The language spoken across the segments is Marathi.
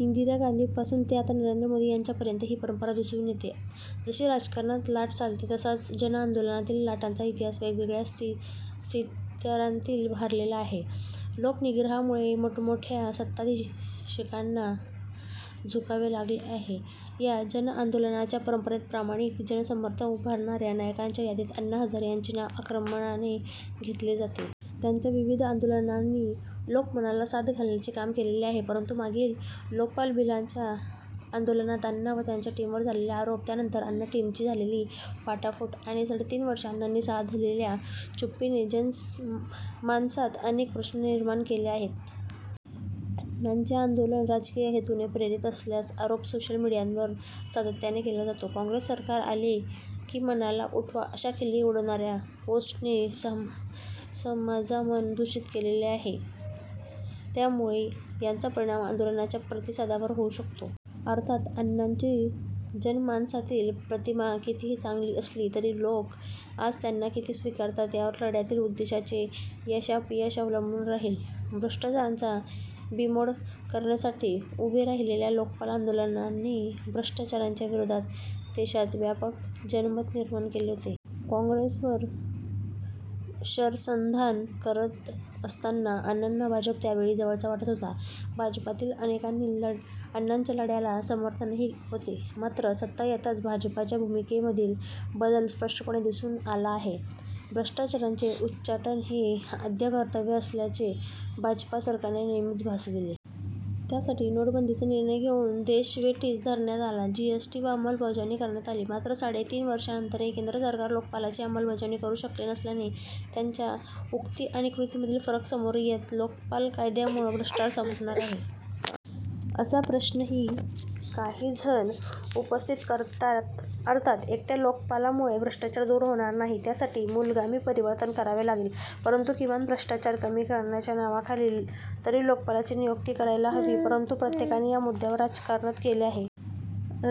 इंदिरा गांधींपासून ते आता नरेंद्र मोदी यांच्या पर्यंत ही परंपरा दिसून येते. जशी राजकारणात लाट चालते तसाच जनआंदोलनांतील लाटांचा इतिहासही वेगवेगळ्या स्थित्यंतरांनी भारलेला आहे. लोकनिग्रहापुढे मोठमोठ्या सत्ताधीशांना झुकावे लागले आहे. या जनआंदोलनांच्या परंपरेत प्रामाणिक जनसमर्थन उभारण्याऱ्या नायकांच्या यादीत अण्णा हजारे यांचे नाव अग्रक्रमाने घेतले जाते. त्यांच्या विविध आंदोलनांनी लोकमनाला साद घालण्याचे काम केलेले आहे. परंतु मागील लोकपाल बिलाच्या आंदोलनात अण्णां व त्यांच्या टीमवर झालेले आरोप, त्यानंतर अण्णा टीमची झालेली फाटाफूट, आणि साडे तीनवर्ष अण्णांनी साधलेल्या चुप्पीने जनमानसात अनेक प्रश्न निर्माण केले आहेत. अण्णांचे आंदोलन राजकीय हेतून प्रेरित असल्याचा आरोप सोशल मीडियावरून सातत्याने केला जातो. 'काँग्रेस सरकार आले कि मला उठवा' अशा खिल्ली उडवणाऱ्या पोष्ट नी समजामन दूषित केलेलं आहे. त्यामुळे याचा परिणाम आंदोलनांच्या प्रतिसादावर होऊ शकतो. अर्थात, अण्णांची जनमानसातील प्रतिमा कितीही चांगली असली तरी लोक आज त्यांना किती स्वीकारतात यावर या लढ्यातील उद्देशाचे यशापयश अवलंबून राहील. भ्रष्टाचाराचा बीमोड करण्यासाठी उभे राहिलेल्या लोकपाल आंदोलनाने भ्रष्टाचाराच्या विरोधात देशात व्यापक जनमत निर्माण केले होते. काँग्रेस वर शरसंधान करत असताना अण्णांना भाजप त्यावेळी जवळचा वाटत होता. भाजपातील अनेकांचे अण्णांच्या लढ्याला समर्थनही होते. मात्र सत्ता येताच भाजपाच्या भूमिकेमधील बदल स्पष्टपणे दिसून आला आहे. भ्रष्टाचाराचे उच्चाटन हेच आद्य कर्तव्य असल्याचे भाजपा सरकारने नेहेमीच भासविले. त्यासाठी नोटबंदीचा निर्णय घेऊन देश वेठीस धरण्यात आला. जिएसटी ची अंलबजावणी करण्यात आली. मात्र साडेतीन वर्षांनंतरही केंद्र सरकार लोकपालाची अमलबजावणी करू शकले नसल्याने त्यांच्या उक्ती आणि कृतीमधील फरक समोर येतो. लोकपाल कायद्यामुळं भ्रष्टाचार संपणार आहे का? असा प्रश्नही काहीजण उपस्थति करतात. अर्थात एकट्या लोकपालामुळे भ्रष्टाचार दूर होणार नाही, त्यासाठी मूलगामी परिवर्तन करावे लागेल. परंतु किमान भ्रष्टाचार कमी करण्याच्या नावाखाली तरी लोकपालाची नियुक्ती करायला हवी होती. परंतु प्रत्येकाने या मुद्द्यावर राजकारणच केले आहे.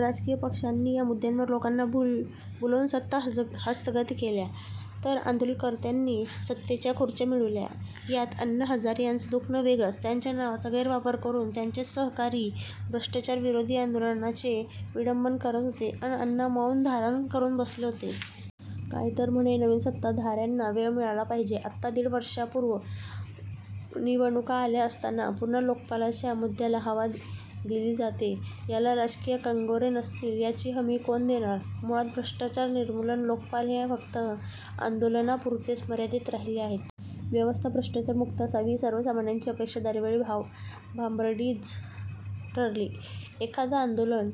राजकीय पक्षांनी या मुद्दावर लोकांना भुलवून सत्ता हस्तगत केल्या, तर आंदोलकर्त्यांनी सत्तेच्या खुर्च्या मिळविल्या. यात अण्णा हजारे यांचं दुखणं वेगळंच.. त्यांच्या नावाचा गैर वापर करून त्यांचेच सहकारी भ्रष्टाचार विरोधी आंदोलनाचे विडंबन करत होते, अन अण्णा मौन धारण करून बसले होते. काय तर म्हणे, नवीन सत्ताधार्यांना वेळ मिळाला पाहिजे. आता दीड वर्षावर निवडणुका आल्या असताना पुन्हा लोकपालच्या मुद्द्याला हवा दिली जातेय. याला राजकीय कंगोरे नसतील, याची हमी कोण देणार? मुळात, भ्रष्टाचार निर्मूलन, लोकपाल हे फक्त आंदोलनापुरतेच मर्यादित राहिले आहेत. व्यवस्था भ्रष्टाचार मुक्त असावी ही सर्वसामान्याची अपेक्षा दरवेळी भाबडीचं ठरली. एखाद आंदोलन